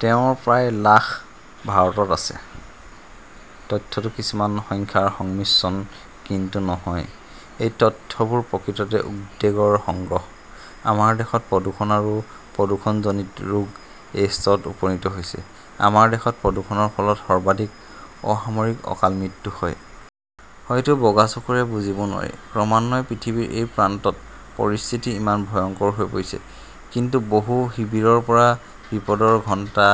তেওঁৰ প্ৰায় লাখ ভাৰতত আছে। তথ্যটো কিছুমান সংখ্যাৰ সংমিশ্ৰণ কিন্তু নহয়। এই তথ্যবোৰ প্ৰকৃততে উদ্বেগৰ সংগ্ৰহ। আমাৰ দেশত প্ৰদূষণ আৰু প্ৰদূষণজনিত ৰোগ এই স্তৰত উপনীত হৈছে! আমাৰ দেশত প্ৰদূষণৰ ফলত সৰ্বাধিক অসামৰিক অকাল মৃত্যু হয়! হয়তো বগা চকুৰে বুজিব নোৱাৰি, ক্ৰমান্বয়ে পৃথিৱীৰ এই প্ৰান্তত পৰিস্থিতি ইমান ভয়ংকৰ হৈ পৰিছে। কিন্তু বহু শিবিৰৰ পৰা বিপদৰ ঘণ্টা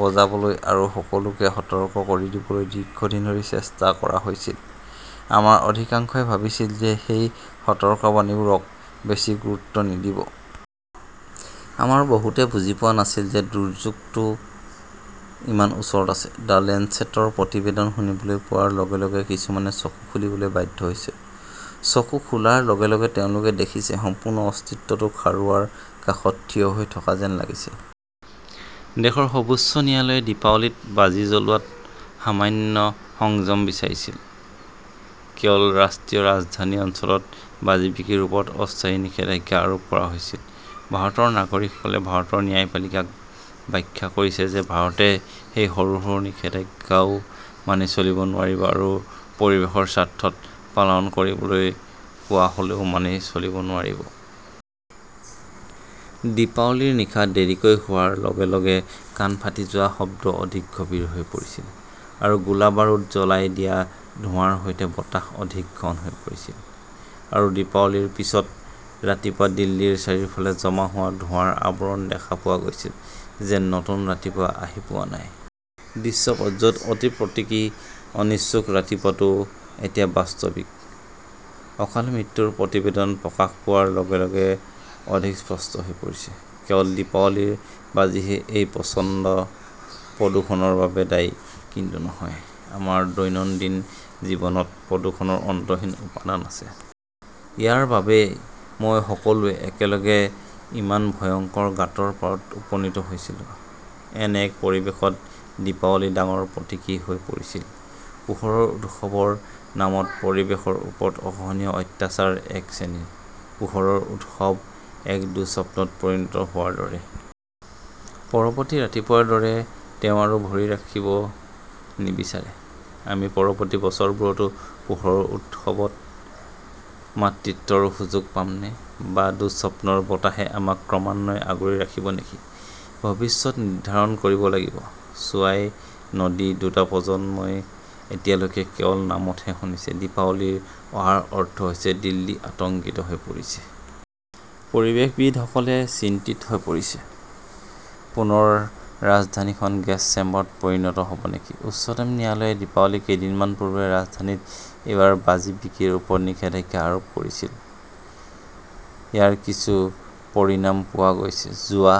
বজাবলৈ আৰু সকলোকে সতৰ্ক কৰি দিবলৈ দীৰ্ঘদিন ধৰি চেষ্টা কৰা হৈছিল। আমাৰ অধিকাংশই ভাবিছিল যে সেই সতৰ্কবাণীবোৰক বেছি গুৰুত্ব নিদিব। আমাৰ বহুতে বুজি পোৱা নাছিল যে দুৰ্যোগটো ইমান ওচৰত আছে। দ্য লেঞ্চেটৰ প্ৰতিবেদন শুনিবলৈ পোৱাৰ লগে লগে কিছুমানে চকু খুলিবলৈ বাধ্য হৈছে। চকু খোলাৰ লগে লগে তেওঁলোকে দেখিছে, সম্পূৰ্ণ অস্তিত্বটো খাৰুৱাৰ কাষত থিয় হৈ থকা যেন লাগিছে। দেশৰ সৰ্বোচ্চ ন্যায়ালয়ে দীপাৱলীত বাজি জ্বলোৱাত সামান্য সংযম বিচাৰিছিল। কেৱল ৰাষ্ট্ৰীয় ৰাজধানী অঞ্চলত বাজি বিক্ৰীৰ ওপৰত অস্থায়ী নিষেধাজ্ঞা আৰোপ কৰা হৈছিল। ভাৰতৰ নাগৰিকসকলে ভাৰতৰ ন্যায়পালিকাক ব্যাখ্যা কৰিছে যে ভাৰতে সেই সৰু সৰু নিষেধাজ্ঞাও মানি চলিব নোৱাৰিব আৰু পৰিৱেশৰ স্বাৰ্থত পালন কৰিবলৈ কোৱা হ "লেও মানি চলিব নোৱাৰিব। দীপাৱলীৰ নিশা দেৰিকৈ হোৱাৰ লগে লগে কাণ ফাটি যোৱাৰ শব্দ অধিক গভীৰ হৈ পৰিছিল, আৰু গোলা-বাৰুদ জ্বলাই দিয়া ধোঁৱাৰ সৈতে বতাহ অধিক ঘন হৈ পৰিছিল। আৰু দীপাৱলীৰ পিছৰ ৰাতিপুৱা দিল্লীৰ চাৰিওফালে জমা হোৱা ধোঁৱাৰ আৱৰণ দেখা পোৱা গৈছিল, যেন নতুন ৰাতিপুৱা আহি পোৱা নাই। দৃশ্যপট য 'ত অতি প্ৰতীকী, অনিচ্ছুক ৰাতিপুৱাটো এতিয়া বাস্তৱিক, অকাল মৃত্যুৰ প্ৰতিবেদন প্ৰকাশ পোৱাৰ লগে লগে অধিক স্পষ্ট হৈ পৰিছে। কেৱল দীপাৱলীৰ বাজিহে এই প্ৰচণ্ড প্ৰদূষণৰ বাবে দায়ী, কিন্তু নহয়। আমাৰ দৈনন্দিন জীৱনত প্ৰদূষণৰ অন্তহীন উপাদান আছে। ইয়াৰ বাবেই মই সকলোৱে একেলগে ইমান ভয়ংকৰ গাঁতৰ পাৰত উপনীত হৈছিলো। এনে এক পৰিৱেশত দীপাৱলী ডাঙৰ প্ৰতীকী হৈ পৰিছিল। পোহৰৰ উৎসৱৰ নামত পৰিৱেশৰ ওপৰত অসহনীয় অত্যাচাৰ এক শ্ৰেণীৰ। পোহৰৰ উৎসৱ এক দুঃস্বপ্নত পৰিণত হোৱাৰ দৰে। পৰৱৰ্তী ৰাতিপুৱাৰ দৰে তেওঁ আৰু ভৰি ৰাখিব নিবিচাৰে। আমি পৰৱৰ্তী বছৰবোৰতো পোহৰৰ উৎসৱত মাতৃত্বৰ সুযোগ পামনে? বা দুঃস্বপ্নৰ বতাহে আমাক ক্ৰমান্বয়ে আগুৰি ৰাখিব নেকি? ভৱিষ্যত নিৰ্ধাৰণ কৰিব লাগিব। ছোৱাই নদীঃ দুটা প্ৰজন্মই এতিয়ালৈকে কেৱল নামহে শুনিছে দীপাৱলী অহাৰ অৰ্থ হৈছে দিল্লী আতংকিত হৈ পৰিছে। পৰিৱেশবিদসকলে চিন্তিত হৈ পৰিছে। পুনৰ ৰাজধানীখন গেছ চেম্বাৰত পৰিণত হ "ব নেকি? উচ্চতম ন্যায়ালয়ে দীপাৱলীৰ কেইদিনমান পূৰ্বে ৰাজধানীত এইবাৰ বাজি বিক্ৰীৰ ওপৰত নিষেধাজ্ঞা আৰোপ কৰিছিল। ইয়াৰ কিছু পৰিণাম পোৱা গৈছে। যোৱা